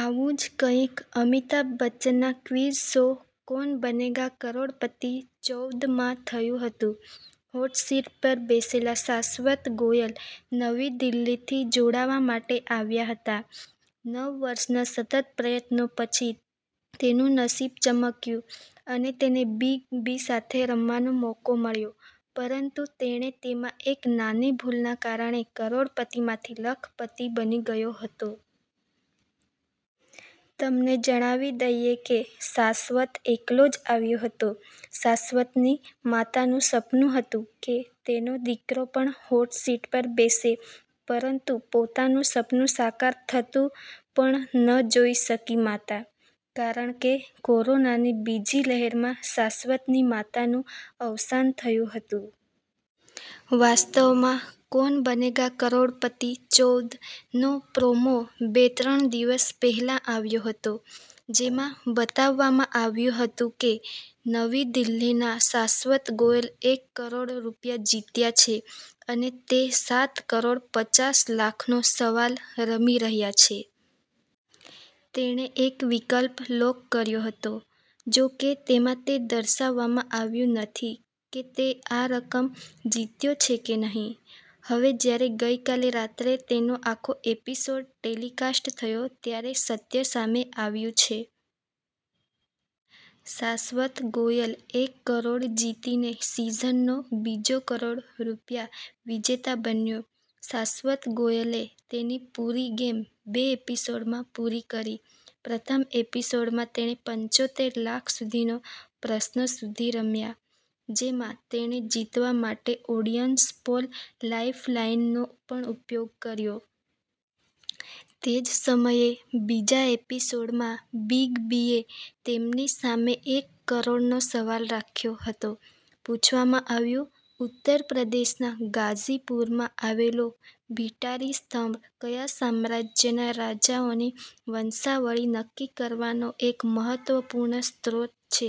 આવું જ કંઈક અમિતાભ બચ્ચનના ક્વિઝ શો 'કૌન બનેગા કરોડપતિ ચૌદ 'માં થયું હતું. હોટ સીટ પર બેઠેલા શાશ્વત ગોયલ નવી દિલ્હીથી જોડાવા માટે આવ્યા હતા. નવ વર્ષના સતત પ્રયત્નો પછી, તેનું નસીબ ચમક્યું અને તેને બિગ બી સાથે રમવાનો મોકો મળ્યો, પરંતુ તેણે તેમાં એક નાની ભૂલના કારણે કરોડપતિ માંથી લખપતિ બની ગયો હતો. તમને જણાવી દઈએ કે, શાશ્વત એકલો જ આવ્યો હતો. શાશ્વતની માતાનું સપનું હતું કે, તેનો દીકરો પણ હોટસીટ પર બેસે પરંતુ પોતાનું સપનું સાકાર થતું પણ ન જોઈ શકી માતા. કારણ કે, કોરોનાની બીજી લહેરમાં શાશ્વતની માતાનું અવસાન થયું હતું. વાસ્તવમાં 'કૌન બનેગા કરોડપતિ ચૌદ'નો પ્રોમો બે-ત્રણ દિવસ પહેલા આવ્યો હતો. જેમાં બતાવવામાં આવ્યું હતું કે નવી દિલ્હીના શાશ્વત ગોયલ એક કરોડ રૂપિયા જીત્યા છે અને તે સાત કરોડ પચાસ લાખનો સવાલ રમી રહ્યા છે. તેણે એક વિકલ્પ લોક કર્યો હતો. જો કે, તેમાં તે દર્શાવવામાં આવ્યું નથી કે તે આ રકમ જીત્યો છે કે નહિ. હવે જ્યારે ગઈકાલે રાત્રે તેનો આખો એપિસોડ ટેલિકાસ્ટ થયો ત્યારે સત્ય સામે આવ્યું છે. શાશ્વત ગોયલ એક કરોડ જીતીને સિઝનનો બીજો કરોડ રૂપિયા વિજેતા બન્યો. શાસ્વત ગોયલે તેની પૂરી ગેમ બે એપિસોડમાં પૂરી કરી. પ્રથમ એપિસોડમાં, તેણે પંચોતેર લાખ સુધીનો પ્રશ્ન સુધી રમ્યા, જેમાં તેણે જીતવા માટે ઓડીયન્સ પોલ લાઈફલાઈનનો પણ ઉપયોગ કર્યો. તે જ સમયે, બીજા એપિસોડમાં બિગ બીએ તેમની સામે એક કરોડનો સવાલ રાખ્યો હતો. પૂછવામાં આવ્યું- ઉત્તર પ્રદેશના ગાઝીપુરમાં આવેલો ભીટારી સ્તંભ કયા સામ્રાજ્યના રાજાઓની વંશાવળી નક્કી કરવાનો એક મહત્વપૂર્ણ સ્ત્રોત છે?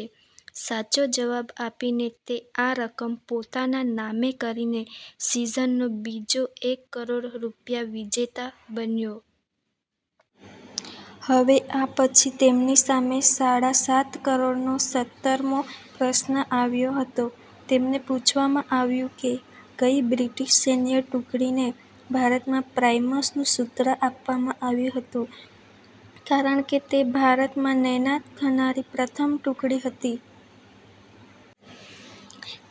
સાચો જવાબ આપીને તે આ રકમ પોતાના નામે કરીને સિઝનનો બીજો એક કરોડ રૂપિયા વિજેતા બન્યો. હવે આ પછી તેમની સામે સાડા સાત કરોડનો સત્તરમો પ્રશ્ન આવ્યો હતો. તેમને પૂછવામાં આવ્યું કે- કઈ બ્રિટિશ સૈન્ય ટુકડીને ભારતમાં પ્રાઈમસનું સૂત્ર આપવામાં આવ્યું હતું કારણ કે તે ભારતમાં નૈનાત થનારી પ્રથમ ટુકડી હતી?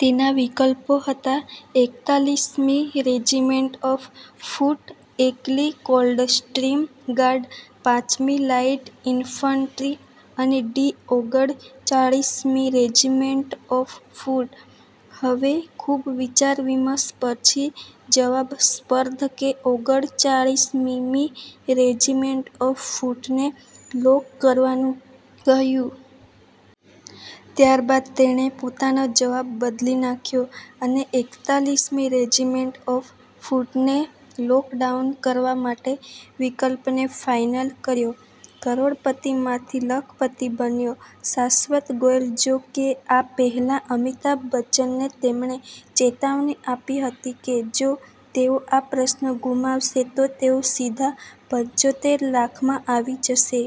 તેના વિકલ્પો હતા એકતાલીસ મી રેજિમેન્ટ ઓફ ફૂટ, એકલી કોલ્ડસ્ટ્રીમ ગાર્ડ, પાંચમી લાઇટ ઇન્ફન્ટ્રી અને ડી ઓગડચાળીસમી રેજિમેન્ટ ઓફ ફૂટ. હવે ખૂબ વિચાર-વિમર્શ પછી જવાબ, સ્પર્ધ કે ઓગડચાળીસમીમી રેજિમેન્ટ ઓફ ફૂટને લોક કરવાનું કહ્યું. ત્યારબાદ તેણે પોતાનો જવાબ બદલી નાખ્યો અને એકતાલીસમી રેજિમેન્ટ ઓફ ફૂટને લોક ડાઉન કરવા માટે વિકલ્પને ફાઈનલ કર્યો. કરોડપતિમાંથી લખપતિ બન્યો શાશ્વત ગોયલ જો કે, આ પહેલા અમિતાભ બચ્ચને તેમને ચેતવણી આપી હતી કે જો તેઓ આ પ્રશ્ન ગુમાવશે તો તેઓ સીધા પંચોતેર લાખમાં આવી જશે.